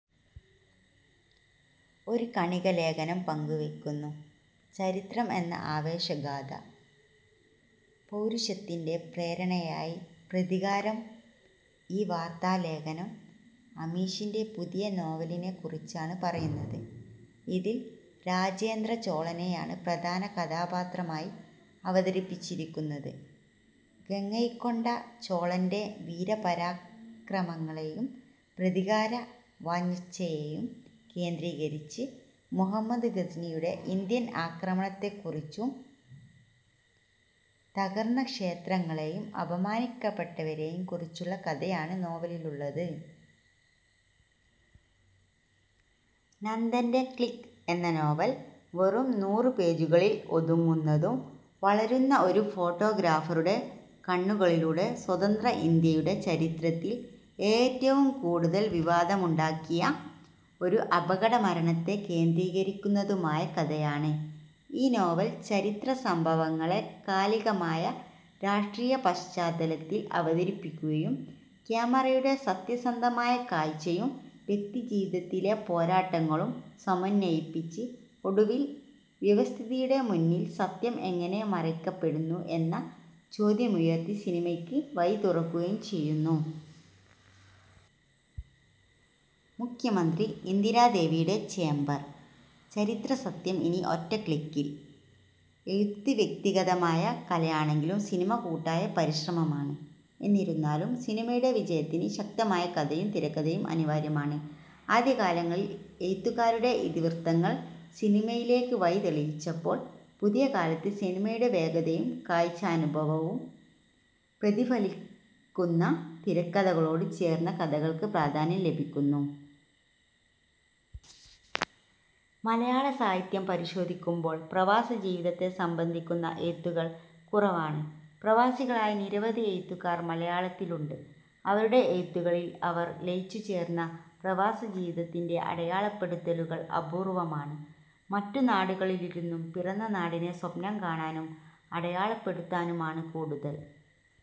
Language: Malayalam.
ഒരു കണിക ലേഖനം പങ്കുവെക്കുന്നു. ചരിത്രം എന്ന ആവേശ ഗാഥ; പൗരുഷത്തിന്റെ പ്രേരണയായി പ്രതികാരം ഈ വാർത്താ ലേഖനം അമീഷിന്റെ പുതിയ നോവലിനെക്കുറിച്ചാണ് പറയുന്നത്, ഇതിൽ രാജേന്ദ്ര ചോളനെയാണ് പ്രധാന കഥാപാത്രമായി അവതരിപ്പിച്ചിരിക്കുന്നത്. ഗംഗൈകൊണ്ട ചോളന്റെ വീരപരാക്രമങ്ങളെയും പ്രതികാര വാഞ്ഛയെയും കേന്ദ്രീകരിച്ച്, മുഹമ്മദ് ഗസ്നിയുടെ ഇന്ത്യൻ ആക്രമണത്തെക്കുറിച്ചും തകർന്ന ക്ഷേത്രങ്ങളെയും അപമാനിക്കപ്പെട്ടവരെയും കുറിച്ചുള്ള കഥയാണ് നോവലിലുള്ളത്. നന്ദൻ്റെ "ക്ലിക്ക്" എന്ന നോവൽ, വെറും നൂറു പേജുകളിൽ ഒതുങ്ങുന്നതും, വളരുന്ന ഒരു ഫോട്ടോഗ്രാഫറുടെ കണ്ണുകളിലൂടെ സ്വതന്ത്ര ഇന്ത്യയുടെ ചരിത്രത്തിൽ ഏറ്റവും കൂടുതൽ വിവാദമുണ്ടാക്കിയ ഒരു അപകട മരണത്തെ കേന്ദ്രീകരിക്കുന്നതുമായ കഥയാണ്. ഈ നോവൽ, ചരിത്ര സംഭവങ്ങളെ കാലികമായ രാഷ്ട്രീയ പശ്ചാത്തലത്തിൽ അവതരിപ്പിക്കുകയും, ക്യാമറയുടെ സത്യസന്ധമായ കാഴ്ചയും വ്യക്തിജീവിതത്തിലെ പോരാട്ടങ്ങളും സമന്വയിപ്പിച്ച്, ഒടുവിൽ വ്യവസ്ഥിതിയുടെ മുന്നിൽ സത്യം എങ്ങനെ മറയ്ക്കപ്പെടുന്നു എന്ന ചോദ്യമുയർത്തി സിനിമക്ക് വഴിതുറക്കുകയും ചെയ്യുന്നു. മുഖ്യമന്ത്രി ഇന്ദിരാദേവിയുടെ ചേംബർ; ചരിത്രസത്യം ഇനി ഒറ്റ ക്ലിക്കിൽ എഴുത്ത് വ്യക്തിഗതമായ കലയാണെങ്കിലും സിനിമ കൂട്ടായ പരിശ്രമമാണ്, എന്നിരുന്നാലും സിനിമയുടെ വിജയത്തിന് ശക്തമായ കഥയും തിരക്കഥയും അനിവാര്യമാണ്. ആദ്യകാലങ്ങളിൽ എഴുത്തുകാരുടെ ഇതിവൃത്തങ്ങൾ സിനിമകളിലേക്ക് വഴി തെളിയിച്ചപ്പോൾ, പുതിയ കാലത്ത് സിനിമയുടെ വേഗതയും കാഴ്ചാനുഭവവും പ്രതിഫലിക്കുന്ന തിരക്കഥകളോട് ചേർന്ന കഥകൾക്ക് പ്രാധാന്യം ലഭിക്കുന്നു. മലയാള സാഹിത്യം പരിശോധിക്കുമ്പോൾ പ്രവാസജീവിതത്തെ സംബന്ധിക്കുന്ന എഴുത്തുകൾ കുറവാണ്. പ്രവാസികളായ നിരവധി എഴുത്തുകാർ മലയാളത്തിലുണ്ട്. അവരുടെ എഴുത്തുകളിൽ അവർ ലയിച്ചുചേർന്ന പ്രവാസജീവിതത്തിന്റെ അടയാളപ്പെടുത്തലുകൾ അപൂർവ്വമാണ്. മറ്റു നാടുകളിലിരുന്നും പിറന്ന നാടിനെ സ്വപ്നം കാണാനും അടയാളപ്പെടുത്താനുമാണ് കൂടുതൽ।